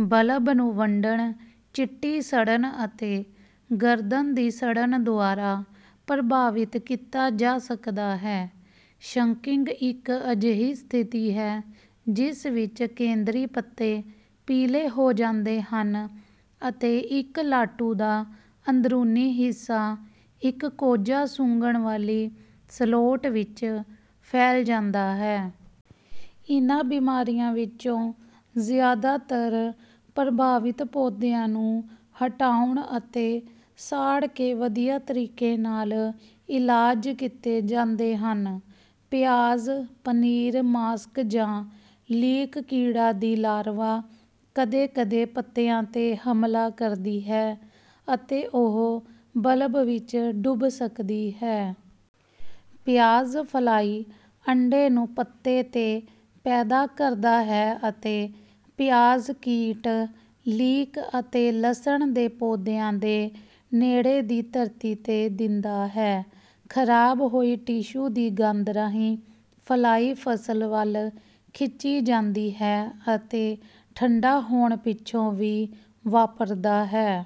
Bulb ਨੂੰ ਵੰਡਣ ਚਿੱਟੀ ਸੜਨ ਅਤੇ ਗਰਦਨ ਦੀ ਸੜਨ ਦੁਆਰਾ ਪ੍ਰਭਾਵਿਤ ਕੀਤਾ ਜਾ ਸਕਦਾ ਹੈ। ਸ਼ੰਕਿੰਗ ਇੱਕ ਅਜਿਹੀ ਸਥਿਤੀ ਹੈ ਜਿਸ ਵਿੱਚ ਕੇਂਦਰੀ ਪੱਤੇ ਪੀਲੇ ਹੋ ਜਾਂਦੇ ਹਨ ਅਤੇ ਇੱਕ ਲਾਟੂ ਦਾ ਅੰਦਰੂਨੀ ਹਿੱਸਾ ਇੱਕ ਕੋਝਾ ਸੁੰਘਣ ਵਾਲੀ ਸਲੋਟ ਵਿੱਚ ਫੈਲ ਜਾਂਦਾ ਹੈ। ਇਨ੍ਹਾਂ ਬਿਮਾਰੀਆਂ ਵਿੱਚੋਂ ਜ਼ਿਆਦਾਤਰ ਪ੍ਰਭਾਵਿਤ ਪੌਦਿਆਂ ਨੂੰ ਹਟਾਉਣ ਅਤੇ ਸਾੜ ਕੇ ਵਧੀਆ ਤਰੀਕੇ ਨਾਲ ਇਲਾਜ ਕੀਤੇ ਜਾਂਦੇ ਹਨ। ਪਿਆਜ਼ ਪਨੀਰ ਮਾਸਕ ਜਾਂ ਲੀਕ ਕੀੜਾ ਦੀ ਲਾਰਵਾ ਕਦੇ ਕਦੇ ਪੱਤੀਆਂ ਤੇ ਹਮਲਾ ਕਰਦੀ ਹੈ ਅਤੇ ਉਹ ਬਲਬ ਵਿੱਚ ਡੁੱਬ ਸਕਦੀ ਹੈ। ਪਿਆਜ਼ ਫਲਾਈ ਅੰਡੇ ਨੂੰ ਪੱਤੇ ਤੇ ਪੈਦਾ ਕਰਦਾ ਹੈ ਅਤੇ ਪਿਆਜ਼ ਕੀਟ ਲੀਕ ਅਤੇ ਲਸਣ ਦੇ ਪੌਦਿਆਂ ਦੇ ਨੇੜੇ ਦੀ ਧਰਤੀ ਤੇ ਦਿੰਦਾ ਹੈ। ਖਰਾਬ ਹੋਈ ਟਿਸ਼ੂ ਦੀ ਗੰਧ ਰਾਹੀਂ ਫਲਾਈ ਫਸਲ ਵੱਲ ਖਿੱਚੀ ਜਾਂਦੀ ਹੈ ਅਤੇ ਠੰਢਾ ਹੋਣ ਪਿੱਛੋਂ ਵੀ ਵਾਪਰਦਾ ਹੈ।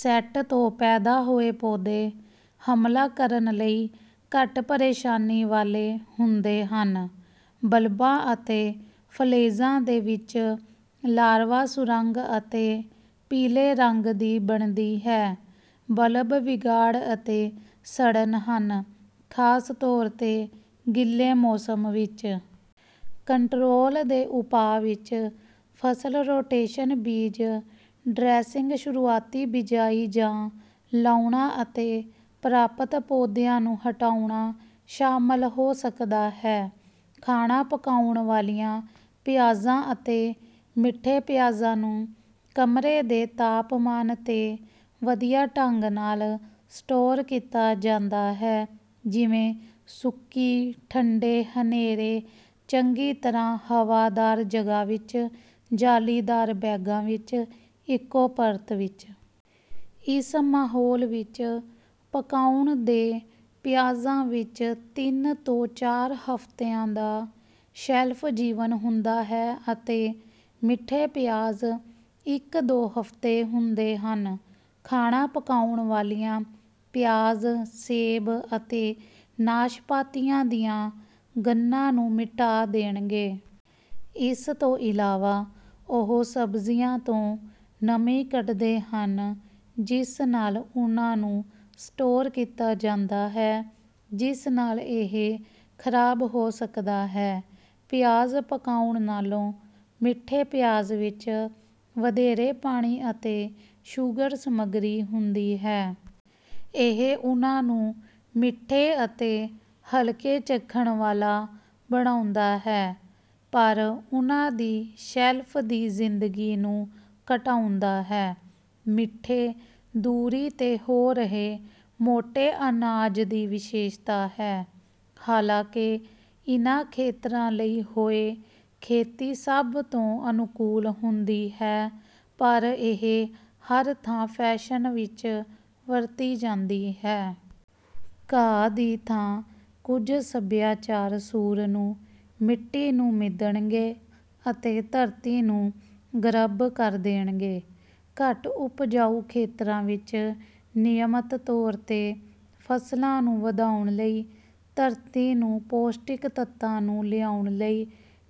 ਸੈੱਟ ਤੋਂ ਪੈਦਾ ਹੋਏ ਪੌਦੇ ਹਮਲਾ ਕਰਨ ਲਈ ਘੱਟ ਪ੍ਰੇਸ਼ਾਨੀ ਵਾਲੇ ਹੁੰਦੇ ਹਨ। ਬਲਬਾਂ ਅਤੇ ਫਲੇਜ਼ਾਂ ਦੇ ਵਿੱਚ ਲਾਰਵਾ ਸੁਰੰਗ ਅਤੇ ਪੀਲੇ ਰੰਗ ਦੀ ਬਣਦੀ ਹੈ। ਬਲਬ ਵਿਗਾੜ ਅਤੇ ਸੜਨ ਹਨ ਖਾਸ ਤੌਰ ਤੇ ਗਿੱਲੇ ਮੌਸਮ ਵਿੱਚ। ਕੰਟਰੋਲ ਦੇ ਉਪਾਅ ਵਿੱਚ ਫਸਲ ਰੋਟੇਸ਼ਨ ਬੀਜ ਡ੍ਰੈਸਿੰਗ ਸ਼ੁਰੂਆਤੀ ਬਿਜਾਈ ਜਾਂ ਲਾਉਣਾ ਅਤੇ ਪਰਾਪਤ ਪੌਦਿਆਂ ਨੂੰ ਹਟਾਉਣਾ ਸ਼ਾਮਲ ਹੋ ਸਕਦਾ ਹੈ। ਖਾਣਾ ਪਕਾਉਣ ਵਾਲੀਆਂ ਪਿਆਜ਼ਾਂ ਅਤੇ ਮਿੱਠੇ ਪਿਆਜ਼ਾਂ ਨੂੰ ਕਮਰੇ ਦੇ ਤਾਪਮਾਨ ਤੇ ਵਧੀਆ ਢੰਗ ਨਾਲ ਸਟੋਰ ਕੀਤਾ ਜਾਂਦਾ ਹੈ ਜਿਵੇਂ ਸੁੱਕੀ ਠੰਢੇ ਹਨੇਰੇ ਚੰਗੀ ਤਰ੍ਹਾਂ ਹਵਾਦਾਰ ਜਗ੍ਹਾ ਵਿੱਚ ਜਾਲੀਦਾਰ ਬੈਗਾਂ ਵਿੱਚ ਇੱਕੋ ਪਰਤ ਵਿੱਚ। ਇਸ ਮਾਹੌਲ ਵਿੱਚ ਪਕਾਉਣ ਦੇ ਪਿਆਜ਼ਾਂ ਵਿੱਚ ਤਿੰਨ ਤੋਂ ਚਾਰ ਹਫਤਿਆਂ ਦਾ ਸ਼ੈਲਫ ਜੀਵਨ ਹੁੰਦਾ ਹੈ ਅਤੇ ਮਿੱਠੇ ਪਿਆਜ਼ ਇੱਕ ਦੋ ਹਫਤੇ ਹੁੰਦੇ ਹਨ। ਖਾਣਾ ਪਕਾਉਣ ਵਾਲੀਆਂ ਪਿਆਜ਼ ਸੇਬ ਅਤੇ ਨਾਸ਼ਪਾਤੀਆਂ ਦੀਆਂ ਗੰਨਾਂ ਨੂੰ ਮਿਟਾ ਦੇਣਗੇ। ਇਸ ਤੋਂ ਇਲਾਵਾ ਉਹ ਸਬਜ਼ੀਆਂ ਤੋਂ ਨਮੀ ਕੱਢਦੇ ਹਨ ਜਿਸ ਨਾਲ ਉਨ੍ਹਾਂ ਨੂੰ ਸਟੋਰ ਕੀਤਾ ਜਾਂਦਾ ਹੈ ਜਿਸ ਨਾਲ ਇਹ ਖਰਾਬ ਹੋ ਸਕਦਾ ਹੈ। ਪਿਆਜ਼ ਪਕਾਉਣ ਨਾਲੋਂ ਮਿੱਠੇ ਪਿਆਜ਼ ਵਿੱਚ ਵਧੇਰੇ ਪਾਣੀ ਅਤੇ ਸ਼ੂਗਰ ਸਮੱਗਰੀ ਹੁੰਦੀ ਹੈ। ਇਹ ਉਨ੍ਹਾਂ ਨੂੰ ਮਿੱਠੇ ਅਤੇ ਹਲਕੇ ਚੱਖਣ ਵਾਲਾ ਬਣਾਉਂਦਾ ਹੈ ਪਰ ਉਨ੍ਹਾਂ ਦੀ ਸ਼ੈਲਫ ਦੀ ਜ਼ਿੰਦਗੀ ਨੂੰ ਘਟਾਉਂਦਾ ਹੈ। ਮਿੱਠੇ। ਦੂਰੀ ਤੇ ਹੋ ਰਹੇ ਮੋਟੇ ਅਨਾਜ ਦੀ ਵਿਸ਼ੇਸ਼ਤਾ ਹੈ। ਹਾਲਾਂਕਿ ਇਨ੍ਹਾਂ ਖੇਤਰਾਂ ਲਈ ਹੋਇ ਖੇਤੀ ਸਭ ਤੋਂ ਅਨੁਕੂਲ ਹੁੰਦੀ ਹੈ ਪਰ ਇਹ ਹਰ ਥਾਂ ਫੈਸ਼ਨ ਵਿੱਚ ਵਰਤੀ ਜਾਂਦੀ ਹੈ। ਘਾਹ ਦੀ ਥਾਂ ਕੁਝ ਸਭਿਆਚਾਰ ਸੂਰ ਨੂੰ ਮਿੱਟੀ ਨੂੰ ਮਿਧਣਗੇ ਅਤੇ ਧਰਤੀ ਨੂੰ ਗਰੱਬ ਕਰ ਦੇਣਗੇ। ਘੱਟ ਉਪਜਾਊ ਖੇਤਰਾਂ ਵਿੱਚ ਨਿਯਮਤ ਤੌਰ ਤੇ ਫਸਲਾਂ ਨੂੰ ਵਧਾਉਣ ਲਈ ਧਰਤੀ ਨੂੰ ਪੌਸ਼ਟਿਕ ਤੱਤਾਂ ਨੂੰ ਲਿਆਉਣ ਲਈ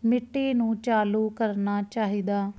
ਮਿੱਟੀ ਨੂੰ ਚਾਲੂ ਕਰਨਾ ਚਾਹੀਦਾ